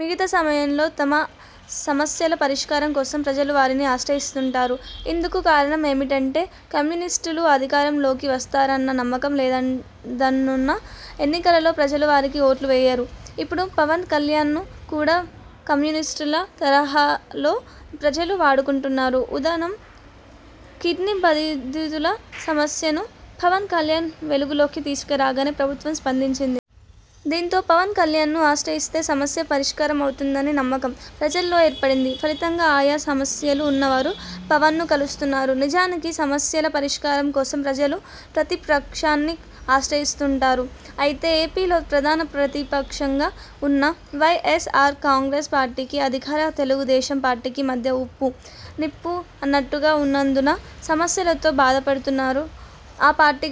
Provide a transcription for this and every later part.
మిగతా సమయాలలో తమ సమస్యల పరిష్కారం కోసం ప్రజలు వారిని ఆశ్రయిస్తుంటారు. ఇందుకు కారణం ఏమిటంటే కమ్యూనిస్టులు అధికారం లోకి వస్తారన్న నమ్మకం లేనందునే ఎన్నికలలో ప్రజలు వారికి ఓట్లు వేయరు. ఇప్పుడు పవన్ కల్యాణ్ను కూడా కమ్యూనిస్టుల తరహాలో ప్రజలు వాడుకుంటున్నారు. ఉద్ధానం కిడ్నీ బాధితుల సమస్యను పవన్ కల్యాణ్ వెలుగులోకి తీసుకు రాగానే ప్రభుత్వం స్పందించింది. దీంతో పవన్ కల్యాణ్ను ఆశ్రయిస్తే సమస్య పరిష్కారం అవుతుందన్న నమ్మకం ప్రజలో ఏర్పడింది. ఫలితంగా ఆయా సమస్యలు ఉన్నవారు పవన్ను కలుస్తున్నారు. నిజానికి సమస్యల పరిష్కారం కోసం ప్రజలు ప్రతిపక్షాన్ని ఆశ్రయిస్తుంటారు. అయితే ఏపీలో ప్రధాన ప్రతిపక్షంగా ఉన్న వై. ఎస్. ఆర్ కాంగ్రెస్ పార్టీకి, అధికార తెలుగుదేశం పార్టీకి మధ్య ఉప్పు, నిప్పు అన్నట్టుగా ఉన్నందున సమస్యలతో బాధపడుతున్నవారు ఆ పార్టీ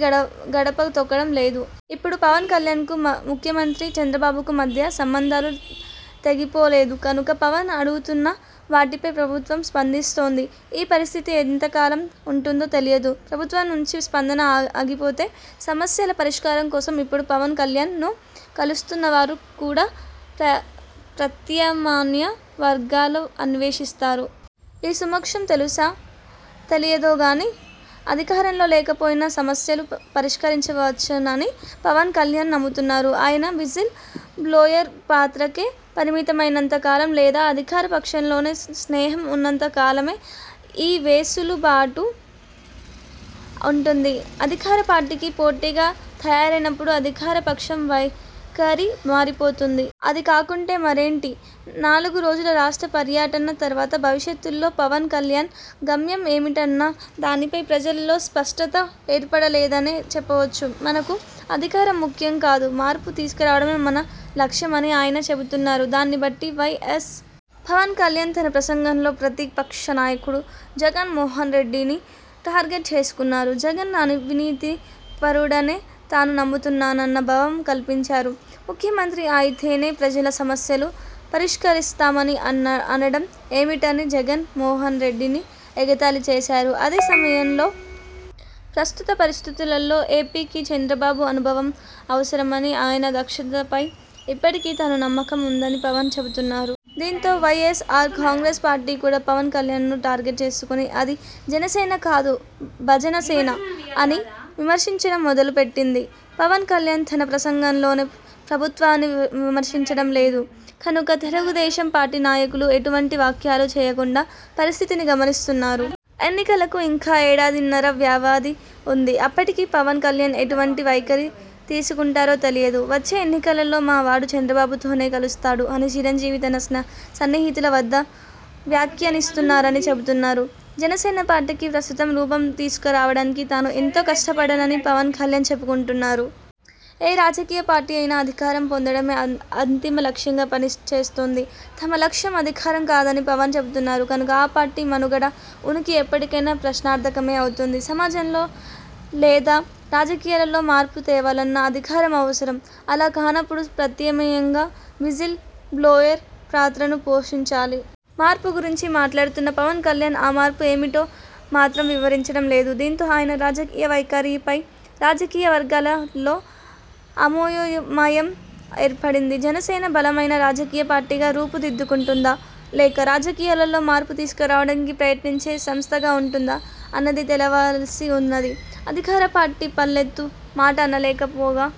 గడప తొక్కడం లేదు. ఇప్పుడు పవన్ కల్యాణ్ కు ముఖ్యమంత్రి చంద్రబాబుకు మధ్య సంబంధాలు తెగిపోలేదు కనుక పవన్ అడుగుతున్న వాటిపై ప్రభుత్వం స్పందిస్తోంది. ఈ పరిస్థితి ఎంతకాలం ఉంటుందో తెలియదు. ప్రభుత్వం నుంచి స్పందన ఆగిపోతే సమస్యల పరిష్కారం కోసం ఇప్పుడు పవన్ కల్యాణ్ ను కలుస్తున్న వారు కూడా ప్రత్యామ్నాయ మార్గాలు అన్వేషిస్తారు. ఈ సూక్ష్మం తెలుసో తెలియదో గానీ, అధికారంలో లేకపోయినా సమస్యలు పరిష్కరించవచ్చునని పవన్ కల్యాణ్ నమ్ముతున్నారు. ఆయన విజిల్ బ్లోయర్ పాత్రకే పరిమితమైనంత కాలం లేదా అధికార పక్షంతో స్నేహం ఉన్నంత కాలమే ఈ వెసులుబాటు ఉంటుంది. అధికార పార్టీకి పోటీగా తయారైనప్పుడు అధికార పక్షం వైఖరి మారిపోతుంది. అది కాకుంటే మరేంటి? నాలుగు రోజుల రాష్ట్ర పర్యటన తర్వాత భవిష్యత్తులో పవన్ కల్యాణ్ గమ్యం ఏమిటన్న దానిపై ప్రజలలో స్పష్టత ఏర్పడలేదనే చెప్పవచ్చు. మనకు అధికారం ముఖ్యం కాదు. మార్పు తీసుకురావడమే మన లక్ష్యం అని ఆయన చెబుతున్న దాన్ని బట్టి వై. ఎస్. పవన్ కల్యాణ్ తన ప్రసంగాలలో ప్రతిపక్ష నాయకుడు జగన్ మోహన్ రెడ్డిని టార్గెట్ చేసుకున్నారు. జగన్ అవినీతి పరుడనే తాను నమ్ముతున్నానన్న భావం కల్పించారు. ముఖ్యమంత్రి అయితేనే ప్రజా సమస్యలు పరిష్కరిస్తామని అనడం ఏమిటని జగన్ మోహన్ రెడ్డిని ఎగతాళి చేశారు. అదే సమయంలో ప్రస్తుత పరిస్థితులలో ఏపీ కి చంద్రబాబు అనుభవం అవసరమని, ఆయన దక్షతపై ఇప్పటికీ తనకు నమ్మకం ఉందని పవన్ చెబుతున్నారు. దీంతో Y. S. R. Congress party కూడా పవన్ కల్యాణ్ ను టార్గెట్ చేసుకుని 'అది జనసేన కాదు, భజన సేన' అని విమర్శించడం మొదలుపెట్టింది. పవన్ కల్యాణ్ తన ప్రసంగాలలో ప్రభుత్వాన్ని విమర్శించడం లేదు కనుక తెలుగుదేశం పార్టీ నాయకులు ఎటువంటి వ్యాఖ్యలూ చేయకుండా పరిస్థితిని గమనిస్తున్నారు. ఎన్నికలకు ఇంకా ఏడాదిన్నర వ్యవధి ఉంది. అప్పటికి పవన్ కల్యాణ్ ఎటువంటి వైఖరి తీసుకుంటారో తెలియదు. వచ్చే ఎన్నికలలో మా వాడు చంద్రబాబుతోనే కలుస్తాడు అని చిరంజీవి తన సన్నిహితుల వద్ద వ్యాఖ్యానిస్తున్నారని చెబుతున్నారు. జనసేన పార్టీకి ప్రస్తుత రూపం తీసుకురావడానికి తాను ఎంతో కష్టపడ్డానని పవన్ కల్యాణ్ చెప్పుకొంటున్నారు. ఏ రాజకీయ పార్టీ అయినా అధికారం పొందడమే అంతిమ లక్ష్యంగా పనిచేస్తుంది. తమ లక్ష్యం అధికారం కాదని పవన్ చెబుతున్నారు కనుక ఆ పార్టీ మనుగడ, ఉనికి ఎప్పటికైనా ప్రశ్నార్థకమే అవుతుంది. సమాజంలో లేదా రాజకీయాలలో మార్పు తేవాలన్నా అధికారం అవసరం. అలా కానప్పుడు ప్రత్యామ్నాయంగా విజిల్ బ్లోయర్ పాత్రను పోషించాలి. మార్పు గురించి మాట్లాడుతున్న పవన్ కల్యాణ్ ఆ మార్పు ఏమిటో మాత్రం వివరించడం లేదు. దీంతో ఆయన రాజకీయ వైఖరిపై రాజకీయవర్గాలలో అయోమయం ఏర్పడింది. జనసేన బలమైన రాజకీయ పార్టీగా రూపు దిద్దుకుంటుందా? లేక రాజకీయాలలో మార్పు తీసుకురావడానికి ప్రయత్నించే సంస్థగా ఉంటుందా? అన్నది తేలవలసి ఉన్నది. అధికార పార్టీని పల్లెత్తు మాట అనకపోగా,